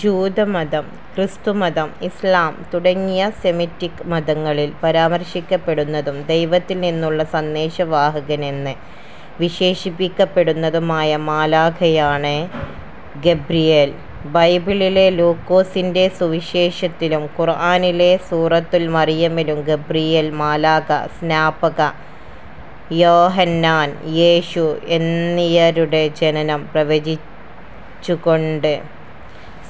ജൂതമതം, ക്രിസ്തുമതം, ഇസ്ലാം തുടങ്ങിയ സെമിറ്റിക് മതങ്ങളിൽ പരാമർശിക്കപ്പെടുന്നതും ദൈവത്തിൽ നിന്നുള്ള സന്ദേശവാഹകനെന്ന് വിശേഷിപ്പിക്കപ്പെടുന്നതുമായ മാലാഖയാണ് ഗബ്രിയേൽ. ബൈബിളിലെ ലൂക്കോസിന്റെ സുവിശേഷത്തിലും ഖുർആനിലെ സൂറത്തു മർയമിലും ഗബ്രിയേൽ മാലാഖ സ്നാപക യോഹന്നാൻ, യേശു എന്നിയരുടെ ജനനം പ്രവചിച്ചുകോണ്ട്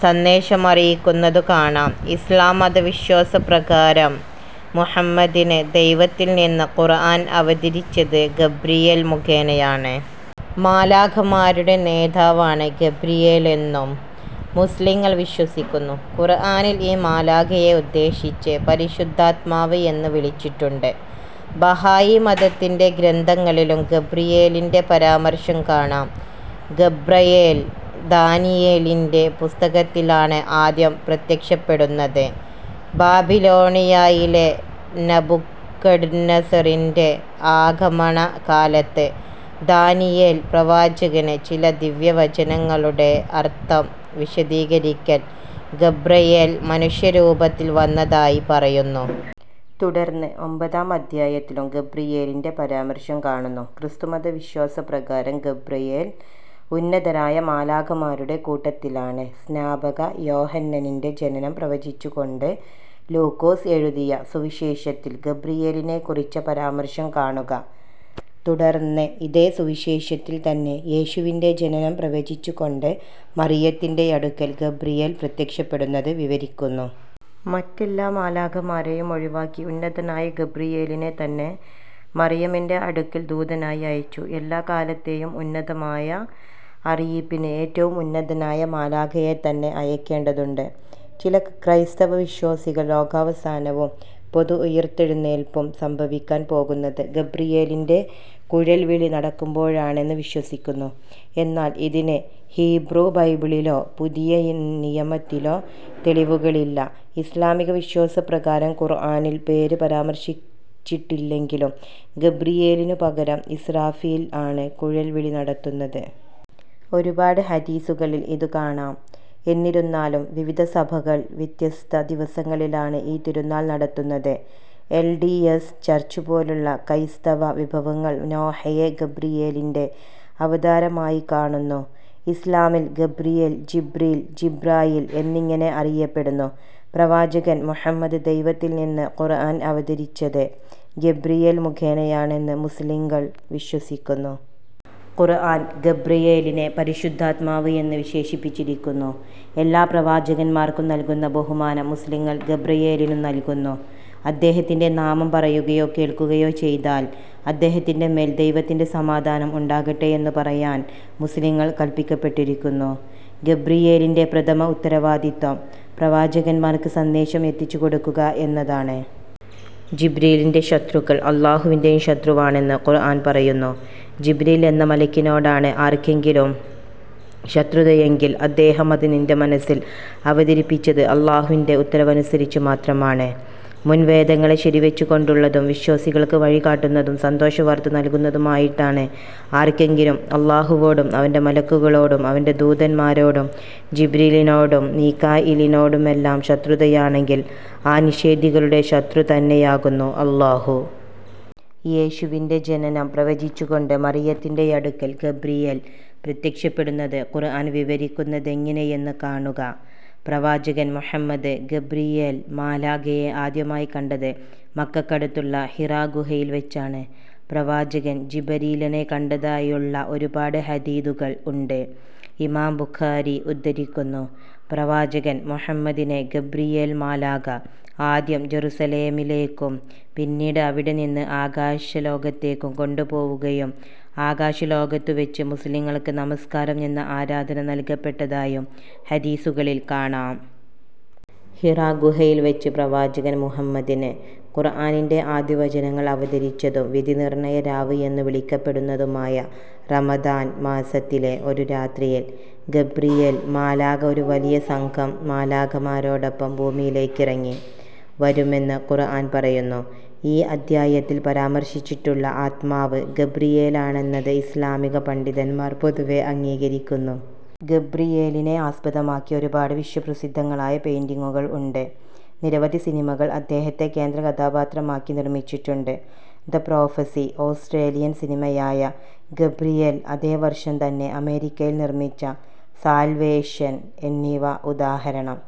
സന്ദേശം അറിയിക്കുന്നതു കാണാം. ഇസ്ലാം മത വിശ്വാസ പ്രകാരം മുഹമ്മദിന് ദൈവത്തിൽ നിന്ന് ഖുർആൻ അവതരിച്ചത് ഗബ്രിയേൽ മുഖേനയാണ്. മാലാഖമാരുടെ നേതാവാണ് ഗബ്രിയേലെന്നും മുസ്ലിംകൾ വിശ്വസിക്കുന്നു. ഖുർആനിൽ ഈ മാലാഖയെ ഉദ്ദേശിച്ച് ' പരിശുദ്ധാത്മാവ് ' എന്ന് വിളിച്ചിട്ടുണ്ട്. ബഹായി മതത്തിന്റെ ഗ്രന്ഥങ്ങളിലും ഗബ്രിയേലിന്റെ പരാമർശം കാണാം. ഗബ്രയേൽ ദാനിയേലിന്റെ പുസ്തകത്തിലാണ്ആദ്യം പ്രത്യക്ഷപ്പെടുന്നത്. ബാബിലോണിയായിലെ നബുക്കഡ്നസറിന്റെ ആകമണ കാലത്ത് ദാനിയേൽ പ്രവാചകന് ചില ദിവ്യവചനങ്ങളുടെ അർത്ഥം വിശദീകരിക്കൻ ഗബ്രായേൽ മനുഷ്യ രൂപത്തിൽ വന്നതായി പറയുന്നു. തുടർന്ന് ഒമ്പതാം അദ്ധ്യായത്തിലും ഗബ്രിയേലിന്റെ പരാമർശം കാണുന്നു. ക്രിസ്തുമത വിശ്വാസപ്രകാരം ഗബ്രയേൽ ഉന്നതരായ മാലാഖമാരുടെ കൂട്ടത്തിലാണ്. സ്നാപക യോഹന്നനിന്റെ ജനനം പ്രവചിച്ചുകൊണ്ട് ലൂക്കോസ് എഴുതിയ സുവിശേഷത്തിൽ ഗബ്രിയേലിനെക്കുറിച്ച പരാമർശം കാണുക: തുടർന്ന് ഇതേ സുവുശേഷത്തിൽ തന്നെ യേശുവിന്റെ ജനനം പ്രവചിച്ചുകൊണ്ട് മറിയത്തിന്റെയടുക്കൽ ഗബ്രിയേൽ പ്രത്യക്ഷപ്പെടുന്നത് വിവരിക്കുന്നു. മറ്റെല്ലാ മാലാഖമാരേയും ഒഴിവാക്കി ഉന്നതനായ ഗബ്രയേലിനെ തന്നെ മറിയമിന്റെ അടുക്കൽ ദൂതനായി അയച്ചു. എല്ലാ കാലത്തേയും ഉന്നതമായ അറിയിപ്പിന് ഏറ്റവും ഉന്നതനായ മാലാഖയെത്തന്നെ അയക്കേണ്ടതുണ്ട്. ചില ക്രൈസ്തവ വിശ്വാസികൾ ലോകാവസാനവും പൊതുഉയിർത്തെഴുന്നേൽപ്പും സംഭവിക്കാൻ പോകുന്നത് ഗബ്രിയേലിന്റെ കുഴൽവിളി നടക്കുമ്പോഴാണെന്ന് വിശ്വസിക്കുന്നു, എന്നാൽ ഇതിന് ഹീബ്രു ബൈബിളിലോ പുതിയനിയമത്തിലോ തെളിവുകളില്ല ഇസ്ലാമിക വിശ്വാസ പ്രകാരം, ഖുർആനിൽ പേര് പരാമർശിച്ചിട്ടില്ലെങ്കിലും, ഗബ്രിയേലിനു പകരം ഇസ്റാഫീൽ ആണ് കുഴൽ വിളി നടത്തുന്നത്. ഒരുപാട് ഹദീസുകളിൽ ഇതു കാണാം. എന്നിരുന്നാലും വിവിധ സഭകൾ വ്യത്യസ്ത്ഥ ദിവസങ്ങളിലാണ് ഈ തിരുനാൾ നടത്തുന്നത്. എൽ. ഡി. എസ്. ചർച്ചുപോലുള്ള കൈസ്തവ വിഭാഗങ്ങൾ നോഹയെ ഗബ്രിയേലിന്റെ അവതാരമായിക്കാണുന്നു. ഇസ്ലാമിൽ ഗബ്രിയേൽ, ജിബ്രീൽ, ജിബ്രായീൽ എന്നിങ്ങനെ അറിയപ്പെടുന്നു. പ്രവാചകൻ മുഹമ്മദിന് ദൈവത്തിൽ നിന്ന് ഖുർആൻ അവതരിച്ചത് ഗബ്രിയേൽ മുഖേനയാണെന്ന് മുസ്ലിംകൾ വിശ്വസിക്കുന്നു. ഖുർആൻ ഗബ്രയേലിനെ പരിശുദ്ധാത്മാവ് എന്നു വിശേഷിപ്പിച്ചിരിക്കുന്നു. എല്ലാ പ്രവാചകന്മാർക്കും നൽകുന്ന ബഹുമാനം മുസ്ലിംകൾ ഗബ്രയേലിനും നൽകുന്നു. അദ്ദേഹത്തിന്റെ നാമം പറയുകയോ കേൾക്കുകയോ ചെയ്താൽ അദ്ദേഹത്തിന്റെ മേൽ ദൈവത്തിന്റെ സമാധാനം ഉണ്ടാകട്ടെ എന്നു പറയാൻ മുസ്ലിംകൾ കൽപിക്കപ്പെട്ടിരിക്കുന്നു. ഗബ്രിയേലിന്റെ പ്രഥമ ഉത്തരവാദിത്തം പ്രവാചകന്മാർക്ക് സന്ദേശങ്ങൾ എത്തിച്ചുകൊടുക്കുക എന്നതാണ്. ജിബ്രീലിന്റെ ശത്രുക്കൾ അല്ലാഹുവിന്റേയും ശത്രുവാണെന്ന് ഖുർആൻ പറയുന്നു: ജിബ്രീൽ എന്ന മലക്കിനോടാണ് ആർക്കെങ്കിലും ശത്രുതയെങ്കിൽ അദ്ദേഹമത് നിന്റെ മനസ്സിൽ അവതരിപ്പിച്ചത് അല്ലാഹുവിന്റെ ഉത്തരവനുസരിച്ച് മാത്രമാണ്. മുൻവേദങ്ങളെ ശരിവെച്ചുകൊണ്ടുള്ളതും, വിശ്വാസികൾക്ക് വഴി കാട്ടുന്നതും, സന്തോഷവാർത്ത നൽകുന്നതുമായിട്ടാണ്. ആർക്കെങ്കിലും അല്ലാഹുവോടും അവന്റെ മലക്കുകളോടും അവന്റെ ദൂതൻമാരോടും ജിബ്രീലിനോടും മീകാഈലിനോടുമെല്ലാം ശത്രുതയാണെങ്കിൽ ആ നിഷേധികളുടെ ശത്രുതന്നെയാകുന്നു അല്ലാഹു. യേശുവിന്റെ ജനനം പ്രവചിച്ചുകൊണ്ട് മറിയത്തിന്റെയടുക്കൽ ഗബ്രിയേൽ പ്രത്യക്ഷപ്പെടുന്നത് ഖുർആൻ വിവരിക്കുന്നതെങ്ങിനെയെന്ന് കാണുക: പ്രവാചകൻ മുഹമ്മദ് ഗബ്രിയേൽ മാലാഖയെ ആദ്യമായി കണ്ടത് മക്കക്കടുത്തുള്ള ഹിറാഗുഹയിൽ വച്ചാണ്. പ്രവാചകൻ ജിബരീലിനെ കണ്ടതായുള്ള ഒരുപാട് ഹദീഥുകൾ ഉണ്ട്. ഇമാം ബുഖാരി ഉദ്ധരിക്കുന്നു: പ്രവാചകൻ മുഹമ്മദിനെ ഗബ്രിയേൽ മാലാഖ ആദ്യം ജറുസലേമിലേക്കും പിന്നീട് അവിടെനിന്ന് ആകാശലോകത്തേയ്ക്കും കൊണ്ടുപോവുകയും ആകശലോകത്തുവച്ച് മുസ്ലിംകൾക്ക് നമസ്കാരം എന്ന ആരധന നൽകപ്പെട്ടതായും ഹദീസുകളിൽ കാണാം. ഹിറാഗുഹയിൽ വച്ച് പ്രവാചകൻ മുഹമ്മദിന് ഖുർആനിന്റെ ആദ്യവചനങ്ങൾ അവതരിച്ചതും വിധിനിർണയ രാവ് എന്നു വിളിക്കപ്പെടുന്നതുമായ റമദാൻ മാസത്തിലെ ഒരു രാത്രിയിൽ ഗബ്രിയേൽ മാലാഖ ഒരു വലിയ സംഘം മാലാഖമാരോടൊപ്പം ഭൂമിയിലെക്കിറങ്ങി വരുമെന്ന് ഖുർആൻ പറയുന്നു: ഈ അദ്ധ്യായത്തിൽ പരാമർശിച്ചിട്ടുള്ള ആത്മാവ് ഗബ്രിയേലാണെന്നത് ഇസ്ലാമിക പണ്ഡിതന്മാർ പൊതുവെ അംഗീകരിക്കുന്നു. ഗബ്രിയേലിനെ ആസ്പദമാക്കി ഒരുപാട് വിശ്വപ്രസിദ്ധങ്ങളായ പെയിന്റിങ്ങുകൾ ഉണ്ട്. നിരവധി സിനിമകൾ അദ്ദേഹത്തെ കേന്ദ്രകഥാപാത്രമാക്കി നിർമ്മിച്ചിട്ടുണ്ട്. ദ പ്രോഫസി, ഓസ്ട്രേലിയൻ സിനിമയായ ഗബ്രിയേൽ, അതേ വർഷം തന്നെ അമേരിക്കയിൽ നിർമ്മിച്ച സാൽവേഷൻ എന്നിവ ഉദാഹരണം.